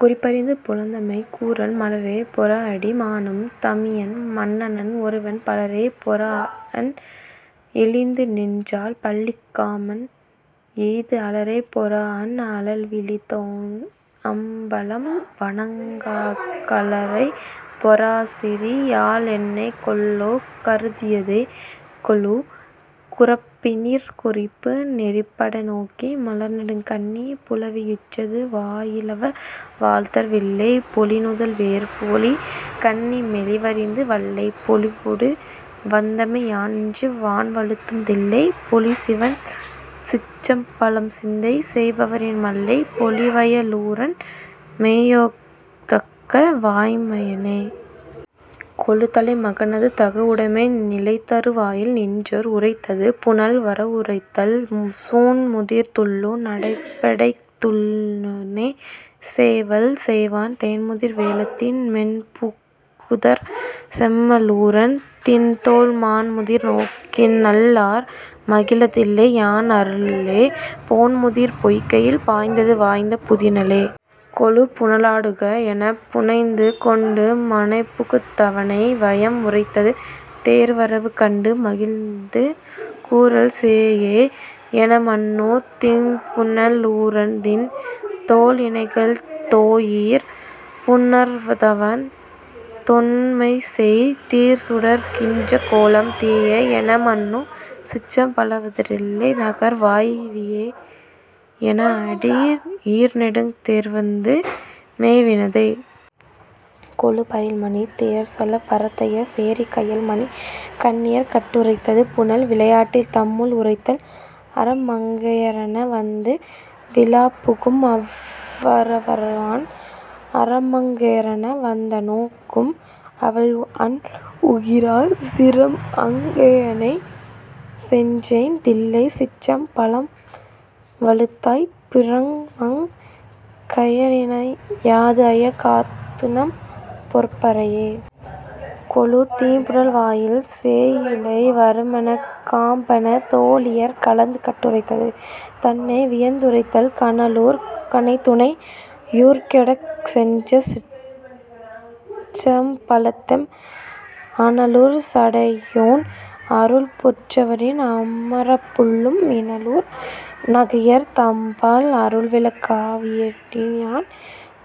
குறிப்பறிந்து புலந்தமை கூறல் மலரைப் பொறாஅடி மானும் தமியன்மன் னன்ஒருவன் பலரைப் பொறாஎன் இழிந்துநின் றாள்பள்ளி காமன்எய்த அலரைப் பொறாஅன் அழல்விழித் தோன்அம்பலம் வணங்காக் கலரைப் பொறாச்சிறி யாள்என்னை கொல்லோ கருதியதே.... கொளு குறப்பினிற் குறிப்பு நெறிப்பட நோக்கி மலர்நெடுங் கண்ணி புலவி யுற்றது.. வாயிலவர் வாழ்த்தல் வில்லைப் பொலிநுதல் வேற்பொலி கண்ணி மெலிவறிந்து வல்லைப் பொலிவொடு வந்தமை யான்நின்று வான்வழுத்தும் தில்லைப் பொலிசிவன் சிற்றம்பலம்சிந்தை செய்பவரின் மல்லைப் பொலிவய லூரன்மெய்யேதக்க வாய்மையனே.... கொளு தலை மகனது தகவுடைமை நிலைதரு வாயில் நின்றோர் உரைத்தது.. புனல் வரவுரைத்தல் சூன்முதிர் துள்ளு நடைப்பெடைக் இல்துணைச் சேவல் செய்வான் தேன்முதிர் வேழத்தின் மென்பூக்குதர் செம்ம லூரன் திண்தோள் மான்முதிர் நோக்கின்நல் லார்மகிழத் தில்லை யான் அருளே போன்முதிர் பொய்கையில் பாய்ந்தது வாய்ந்த புதுப்புனலே.... கொளு புனலா டுகஎனப் புனைந்து கொண்டு மனைபுகுந் தவனை வையம் உரைத்தது.. தேர் வரவு கண்டு மகிழ்ந்து கூறல் சேயே எனமன்னு தீம்புன லூரன்திண் தோள்இணைகள் தோயீர் புணர்தவம் தொன்மைசெய் தீர்சுடர் கின்றகோலம் தீயே எனமன்னு சிற்றம்பலவர்தில்லைந்நகர் வாய் வீயே எனஅடி யீர்நெடுந் தேர்வந்து மேவினதே.... கொளு பயில்மணித் தேர்செலப் பரத்தையர் சேரிக் கயல் மணிக் கண்ணியர் கட்டுரைத்தது.. புனல் விளையாட்டில் தம்முள் உரைத்தல் அரமங் கையரென வந்து விழாப்புகும் அவ்வவர்வான் அரமங் கையரென வந்தணு கும்அவள் அன்உகிரால் சிரம்அங் அயனைச் செற்றோன் தில்லைச் சிற்றம் பலம்வழுத்தாப் புரமங் கையரின்நை யாதுஐய காத்துநம் பொற்பரையே.... கொளு தீம்புனல் வாயில் சேயிழை வருமெனச் காம்பன தோளியர் கலந்து கட்டுரைத்தது.. தன்னை வியந்துரைத்தல் கனலூர் கணைதுணை யூர்கெடச் செற்றசிற் றம்பலத்தெம் அனலூர் சடையோன் அருள்பெற் றவரின் அமரப்புல்லும் மினலூர் நகையவர் தம்பால் அருள்விலக் காவிடின்யான்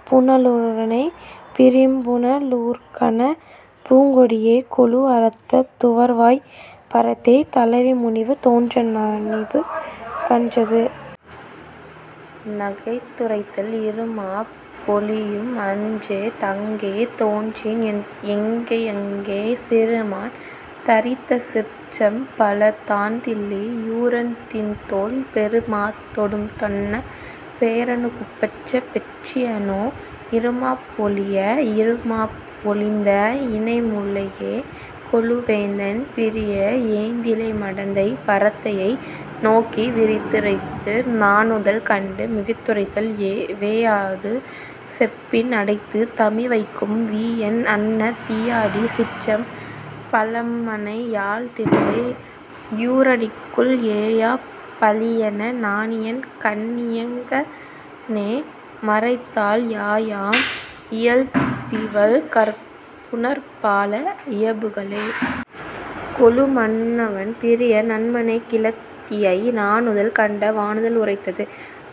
புனலூ ரனைப் பிரி யும்புன லூர்கணப் பூங்கொடியே.... கொளு அரத்தத் துவர்வாய்ப் பரத்தைத் தலைவி முனிவு தோன்ற நனிபு கன்றது.. நகைத்துரைத்தல் இறுமாப் ஒழியும்அன் றேதங்கை தோன்றின்என் எங்கையங்கைச் சிறுமான் தரித்தசிற் றம்பலத் தான்தில்லை யூரன்திண்தோள்। பெறு மாத் தொடும்தன்ன பேரணுக் குப்பெற்ற பெற்றியனோ இறுமாப் ஒழிய இறுமாப் ஒழிந்த இணைமுலையே.... கொளு வேந்தன் பிரிய ஏந்திழை மடந்தை பரத்தையை நோக்கி விரித்து ரைத்தது.. நாணுதல் கண்டு மிகுத்துரைத்தல் வேயாது செப்பின் அடைத்துத் தமிவைகும் வீயன்அன்ன தீயாடி சிற்றம் பலமனை யாள்தில்லை யூரனுக்கின் ஏயாப் பழியென நாணியென் கண்ணிங்ங னேமறைத்தாள் யாயாம் இயல்பிவள் கற்புநற் பால இயல்புகளே.... கொளு மன்னவன் பிரிய நன்மனைக் கிழத்தியை நாணுதல் கண்ட வாணுதல் உரைத்தது..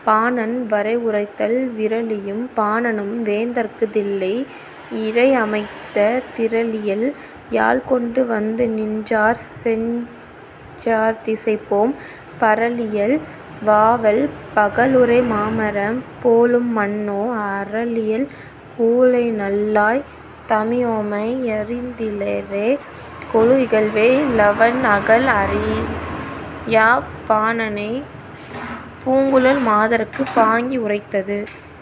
பாணன் வரவுரைத்தல் விறலியும் பாணனும் வேந்தற்குத் தில்லை இறைஅமைத்த திறலியல் யாழ்கொண்டு வந்துநின் றார்சென் றிராத்திசைபோம் பறலியல் வாவல் பகலுறை மாமரம் போலும்மன்னோ அறலியல் கூழைநல் லாய் தமியோமை யறிந்திலரே.... கொளு இகல்வே லவன் அகல் அறியாப் பாணனைப் பூங்குழல் மாதர்க்குப் பாங்கி உரைத்தது..